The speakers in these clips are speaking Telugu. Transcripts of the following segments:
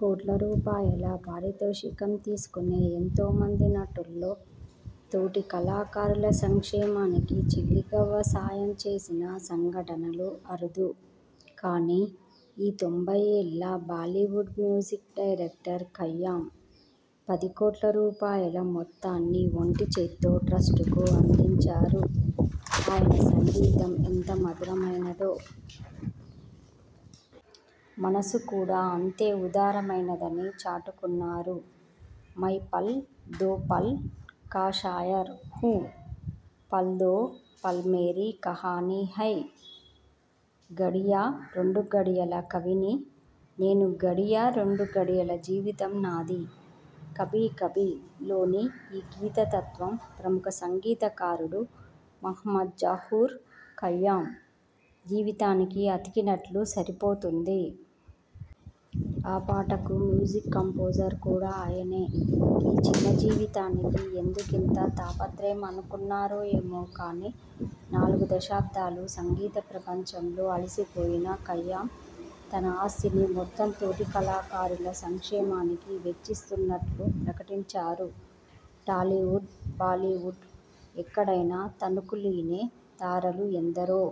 కోట్ల రూపాయల పారితోషికం తీసుకునే ఎంతోమంది నటుల్లో.. తోటి కళాకారుల సంక్షేమానికి చిల్లిగవ్వ సాయం చేసిన సంఘటనలు అరుదు. కానీ.. ఈ తొంభైఏళ్ల బాలీవుడ్ మ్యూజిక్ డైరెక్టర్ ఖయ్యామ్ పది కోట్ల రూపాయల మొత్తాన్ని ఒంటి చేత్తో ట్రస్ట్కు అందించారు. ఆయన సంగీతం ఎంత మధురమైనదో.. మనసు కూడా అంతే ఉదారమైనదని చాటుకున్నారు.. ''మై పల్ దో పల్ కా శాయర్ హూఁ.. పల్ దో పల్ మేరీ కహానీ హై.. ''''ఘడియ రెండు ఘడియల కవిని నేనుఘడియ రెండు ఘడియల జీవితం నాది.. '' 'కభీ కభీ'లోని ఈ గీతతత్వం ప్రముఖ సంగీత కారుడు మహమ్మద్ జహూర్ ఖయ్యామ్ జీవితానికి అతికినట్లు సరిపోతుంది. ఆ పాటకు మ్యూజిక్ కంపోజర్ కూడా ఆయనే! ఈ చిన్న జీవితానికి ఎందుకింత తాపత్రయం అనుకున్నారో ఏమో కానీ.. నాలుగు దశాబ్ధాలు సంగీత ప్రపంచంలో అలసిపోయిన ఖయ్యామ్.. తన ఆస్తిని మొత్తం తోటి కళాకారుల సంక్షేమానికి వెచ్చిస్తున్నట్లు ప్రకటించారు. టాలీవుడ్, బాలీవుడ్.. ఎక్కడైనా తణుకులీనే తారలు ఎందరో!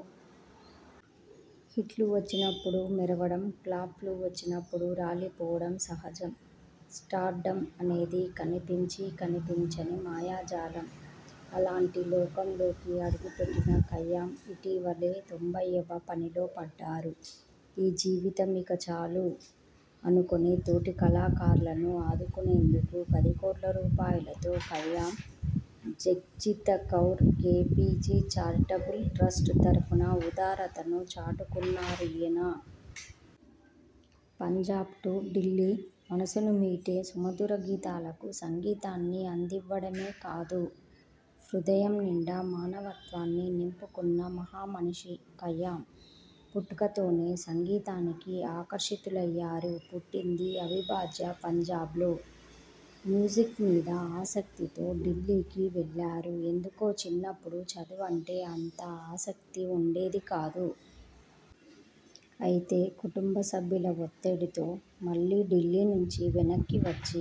హిట్లు వచ్చినప్పుడు మెరవడం, ఫ్లాప్లు వచ్చినప్పుడు రాలిపోవడం సహజం. స్టార్డమ్ అనేది కనిపించీ కనిపించని మాయాజాలం. అలాంటి లోకంలోకి అడుగుపెట్టిన ఖయ్యామ్.. ఇటీవలే తొంభైయ్యవ పనిలో పడ్డారు ఈ జీవితం ఇక చాలు.. అనుకుని తోటి కళాకారులను ఆదుకునేందుకు పదికోట్ల రూపాయలతో ''Khayyam Jagjit Kaur KPG charitable trust' తరఫున ఉదారతను చాటుకున్నారీయన. పంజాబ్ టు ఢిల్లీమనసును మీటే సుమధుర గీతాలకు సంగీతాన్ని అందివ్వడమే కాదు.. హృదయం నిండా మానవత్వాన్ని నింపుకున్న మహామనిషి ఖయ్యామ్. పుట్టుకతోనే సంగీతానికి ఆకర్షితులయ్యారు. పుట్టింది అవిభాజ్య పంజాబ్లో. మ్యూజిక్ మీద ఆసక్తితో ఢిల్లీకి వెళ్లారు. ఎందుకో చిన్నప్పుడు చదువంటే అంత ఆసక్తి ఉండేది కాదు. అయితే కుటుంబసభ్యుల ఒత్తిడితో మళ్లీ ఢిల్లీ నుంచి వెనక్కి వచ్చి..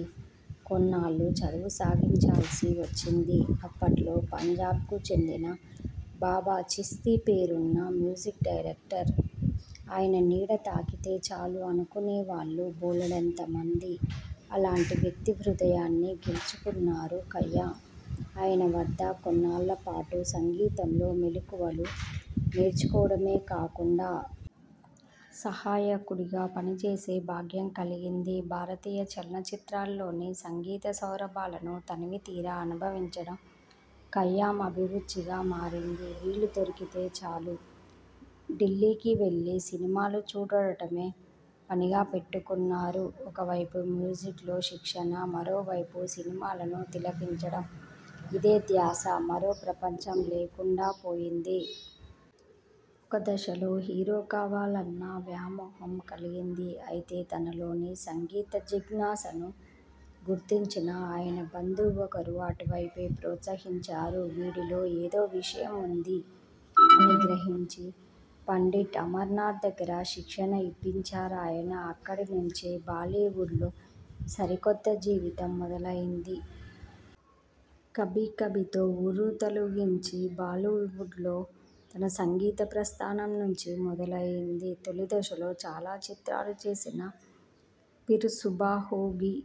కొన్నాళ్లు చదువుసాగించాల్సి వచ్చింది. అప్పట్లో పంజాబ్కు చెందిన బాబా చిస్తీ పేరున్న మ్యూజిక్ డైరెక్టర్. ఆయన నీడ తాకితే చాలు అనుకునేవాళ్లు బోలెడంతమంది. అలాంటి వ్యక్తి హృదయాన్ని గెలుచుకున్నారు ఖయ్యామ్. ఆయన వద్ద కొన్నాళ్ల పాటు సంగీతంలో మెళకువలు నేర్చుకోవడమే కాకుండా.. సహాయకుడిగా పనిచేసే భాగ్యం కలిగింది. భారతీయ చలన చిత్రాల్లోని సంగీత సౌరభాలను తనివితీరా అనుభవించడం ఖయ్యామ్ అభిరుచిగా మారింది. వీలుదొరికితే చాలు, ఢిల్లీకి వెళ్లి సినిమాలు చూడటమే పనిగా పెట్టుకున్నారు. ఒకవైపు మ్యూజిక్లో శిక్షణ, మరోవైపు సినిమాలను తిలకించడం. ఇదే ధ్యాస. మరో ప్రపంచం లేకుండా పోయింది. ఒక దశలో హీరో కావాలన్న వ్యామోహం కలిగింది. అయితే తనలోని సంగీత జిజ్ఞాసను గుర్తించిన ఆయన బంధువు ఒకరు అటువైపే ప్రోత్సహించారు. 'వీడిలో ఏదో విషయం ఉంది' అని గ్రహించి.. పండిట్ అమర్నాథ్ దగ్గర శిక్షణ ఇప్పించారాయన. అక్కడి నుంచే బాలీవుడ్లో సరికొత్త జీవితం మొదలైంది. 'కభీ కభీ'తో ఉర్రూతలూగించి.. బాలీవుడ్లో తన సంగీత ప్రస్థానం నుంచి మొదలైంది. తొలిదశలో చాలా చిత్రాలు చేసినా.. 'ఫిర్ సుభా హోగి'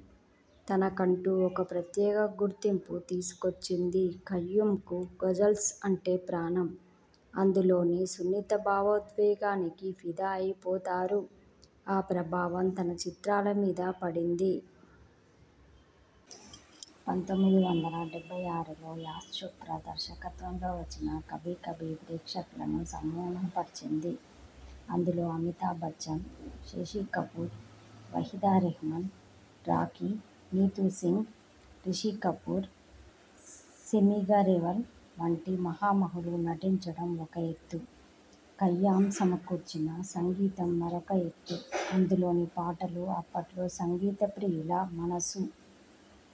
తనకంటూ ఒక ప్రత్యేక గుర్తింపు తీసుకొచ్చింది. ఖయ్యామ్కు గజల్స్ అంటే ప్రాణం. అందులోని సున్నిత భావోద్వేగానికి ఫిదా అయిపోతారు. ఆ ప్రభావం తన చిత్రాల మీద పడింది. పంతొమ్మిది వందల డెబ్బై ఆరులో యాష్చోప్రా దర్శకత్వంలో వచ్చిన 'కభీ కభీ' ప్రేక్షకుల్ని సమ్మోహనపరిచింది. అందులో అమితాబ్బచ్చన్, శశికపూర్, వహీదారెహ్మాన్, రాఖీ, నీతూసింగ్, రిషికపూర్, సిమీగరేవల్ వంటి మహామహులు నటించటం ఒక ఎత్తు. ఖయ్యామ్ సమకూర్చిన సంగీతం మరొక ఎత్తు. అందులోని పాటలు అప్పట్లో సంగీతప్రియుల మనసు